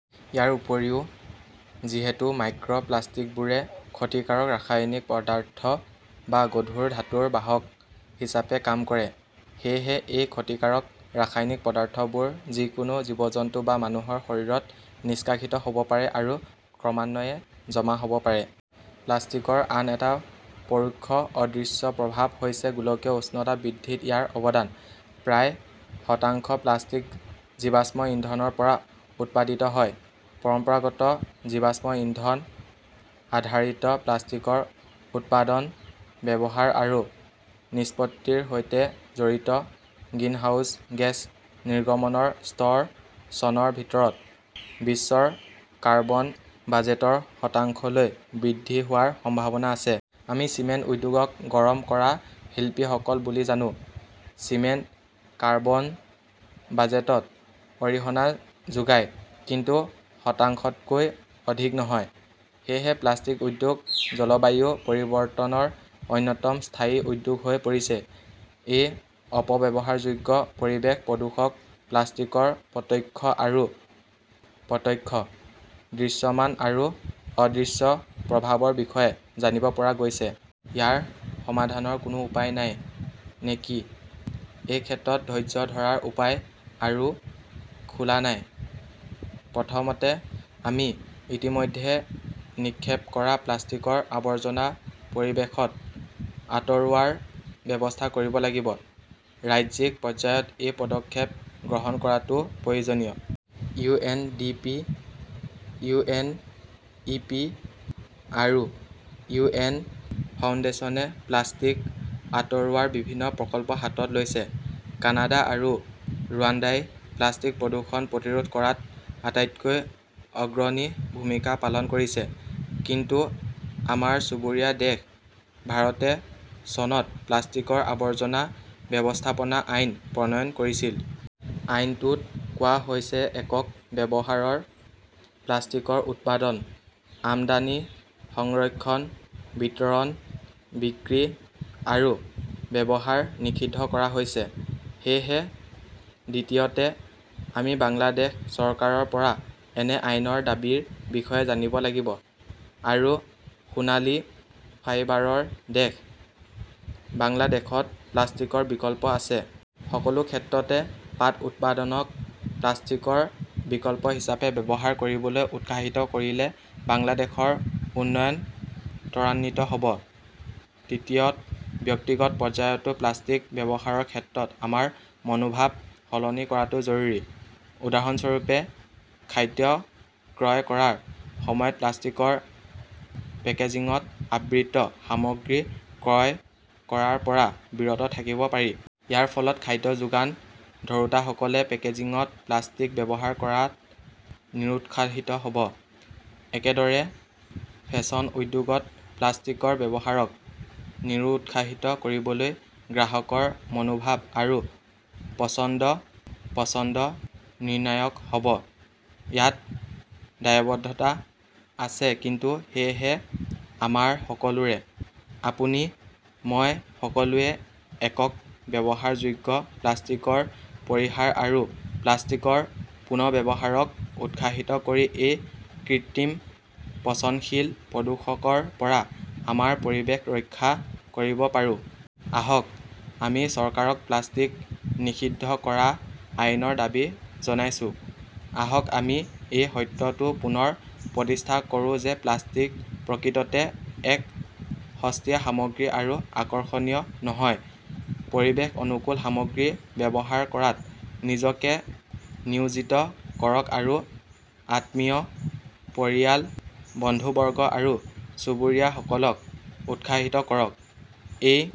ইয়াৰ উপৰিও, যিহেতু মাইক্ৰ প্লাষ্টিকবোৰে ক্ষতিকাৰক ৰাসায়নিক পদাৰ্থ বা গধুৰ ধাতুৰ বাহক হিচাপে কাম কৰে, সেয়েহে এই ক্ষতিকাৰক ৰাসায়নিক পদাৰ্থবোৰ যিকোনো জীৱ-জন্তু বা মানুহৰ শৰীৰত নিষ্কাশিত হ' ব পাৰে আৰু ক্ৰমান্বয়ে জমা হ 'ব পাৰে। প্লাষ্টিকৰ আন এটা পৰোক্ষ অদৃশ্য প্ৰভাৱ হৈছে গোলকীয় উষ্ণতা বৃদ্ধিত ইয়াৰ অৱদান। প্ৰায় শতাংশ প্লাষ্টিক জীৱাশ্ম ইন্ধনৰ পৰা উৎপাদিত হয়। পৰম্পৰাগত জীৱাশ্ম ইন্ধন-আধাৰিত প্লাষ্টিকৰ উৎপাদন, ব্যৱহাৰ আৰু নিষ্পত্তিৰ সৈতে জড়িত গ্ৰিনহাউজ গেছ নিৰ্গমনৰ স্তৰ চনৰ ভিতৰত বিশ্বৰ কাৰ্বন বাজেটৰ শতাংশলৈ বৃদ্ধি হোৱাৰ সম্ভাৱনা আছে। আমি চিমেণ্ট উদ্যোগক গৰম কৰা শিল্পীসকল বুলি জানো। চিমেণ্টে কাৰ্বন বাজেটত অৰিহণা যোগায় কিন্তু শতাংশতকৈ অধিক নহয়। সেয়েহে প্লাষ্টিক উদ্যোগ জলবায়ু পৰিৱৰ্তনৰ অন্যতম স্থায়ী উদ্যোগ হৈ পৰিছে। এই অপব্যৱহাৰযোগ্য পৰিৱেশ প্ৰদূষক প্লাষ্টিকৰ প্ৰত্যক্ষ আৰু প্ৰত্যক্ষ, দৃশ্যমান আৰু অদৃশ্য প্ৰভাৱৰ বিষয়ে জানিব পৰা গৈছে। ইয়াৰ সমাধানৰ কোনো উপায় নাই নেকি এই ক্ষেত্ৰত ধৈৰ্য্য ধৰাৰ উপায় আৰু খোলা নাই। প্ৰথমতে, আমি ইতিমধ্যে নিক্ষেপ কৰা প্লাষ্টিকৰ আৱৰ্জনা পৰিৱেশত আঁতৰোৱাৰ ব্যৱস্থা কৰিব লাগিব। ৰাজ্যিক পৰ্যায়ত এই পদক্ষেপ গ্ৰহণ কৰাটো প্ৰয়োজনীয়। U. N. D. P., U. N. E. P. আৰু ইউ. এন. ফাউণ্ডেশ্যনে প্লাষ্টিক আঁতৰোৱাৰ বিভিন্ন প্ৰকল্প হাতত লৈছে। কানাডা আৰু ৰুৱাণ্ডাই প্লাষ্টিক প্ৰদূষণ প্ৰতিৰোধ কৰাত আটাইতকৈ অগ্ৰণী ভূমিকা পালন কৰিছে। কিন্তু আমাৰ চুবুৰীয়া দেশ ভাৰতে চনত প্লাষ্টিকৰ আৱৰ্জনা ব্যৱস্থাপনা আইন প্ৰণয়ন কৰিছিল। আইনটোত কোৱা হৈছে একক ব্যৱহাৰৰ প্লাষ্টিকৰ উৎপাদন, আমদানি, সংৰক্ষণ, বিতৰণ, বিক্ৰী আৰু ব্যৱহাৰ নিষিদ্ধ কৰা হৈছে। সেয়েহে দ্বিতীয়তে, আমি বাংলাদেশ চৰকাৰৰ পৰা এনে আইনৰ দাবীৰ বিষয়ে জানিব লাগিব। আৰু সোণালী ফাইবাৰৰ দেশ বাংলাদেশত প্লাষ্টিকৰ বিকল্প আছে। সকলো ক্ষেত্ৰতে পাট উৎপাদনক প্লাষ্টিকৰ বিকল্প হিচাপে ব্যৱহাৰ কৰিবলৈ উৎসাহিত কৰিলে বাংলাদেশৰ উন্নয়ন ত্বৰান্বিত হ’ব। তৃতীয়ত ব্যক্তিগত পৰ্যায়তো প্লাষ্টিক ব্যৱহাৰৰ ক্ষেত্ৰত আমাৰ মনোভাৱ সলনি কৰাটো জৰুৰী। উদাহৰণস্বৰূপে, খাদ্য ক্ৰয় কৰাৰ সময়ত প্লাষ্টিকৰ পেকেজিঙত আবৃত সামগ্ৰী ক্ৰয় কৰাৰ পৰা বিৰত থাকিব পাৰি। ইয়াৰ ফলত খাদ্য যোগান ধৰোঁতাসকলে পেকেজিঙত প্লাষ্টিক ব্যৱহাৰ কৰাত নিৰুৎসাহিত হ’ব। একেদৰে, ফেশ্বন উদ্যোগত প্লাষ্টিকৰ ব্যৱহাৰক নিৰুৎসাহিত কৰিবলৈ গ্ৰাহকৰ মনোভাৱ আৰু পছন্দ-পচন্দ নিৰ্ণায়ক হ 'ব। ইয়াত দায়বদ্ধতা আছে কিন্তু সেয়েহে আমাৰ সকলোৰে। আপুনি, মই সকলোৱে একক-ব্যৱহাৰযোগ্য প্লাষ্টিকৰ পৰিহাৰ আৰু প্লাষ্টিকৰ পুনৰ্ব্যৱহাৰক উৎসাহিত কৰি এই কৃত্ৰিম, পচনশীল প্ৰদূষকৰ পৰা আমাৰ পৰিৱেশ ৰক্ষা কৰিব পাৰোঁ। আহক, আমি চৰকাৰক প্লাষ্টিক নিষিদ্ধ কৰা আইনৰ দাবী জনাইছো। আহক আমি এই সত্যটো পুনৰ প্ৰতিষ্ঠা কৰো যে প্লাষ্টিক প্ৰকৃততে এক সস্তীয়া সামগ্ৰী আৰু আকৰ্ষণীয় নহয়। পৰিৱেশ-অনুকূল সামগ্ৰী ব্যৱহাৰ কৰাত নিজকে নিয়োজিত কৰক আৰু আত্মীয়, পৰিয়াল, বন্ধুবৰ্গ আৰু চুবুৰীয়াসকলক উৎসাহিত কৰক। এই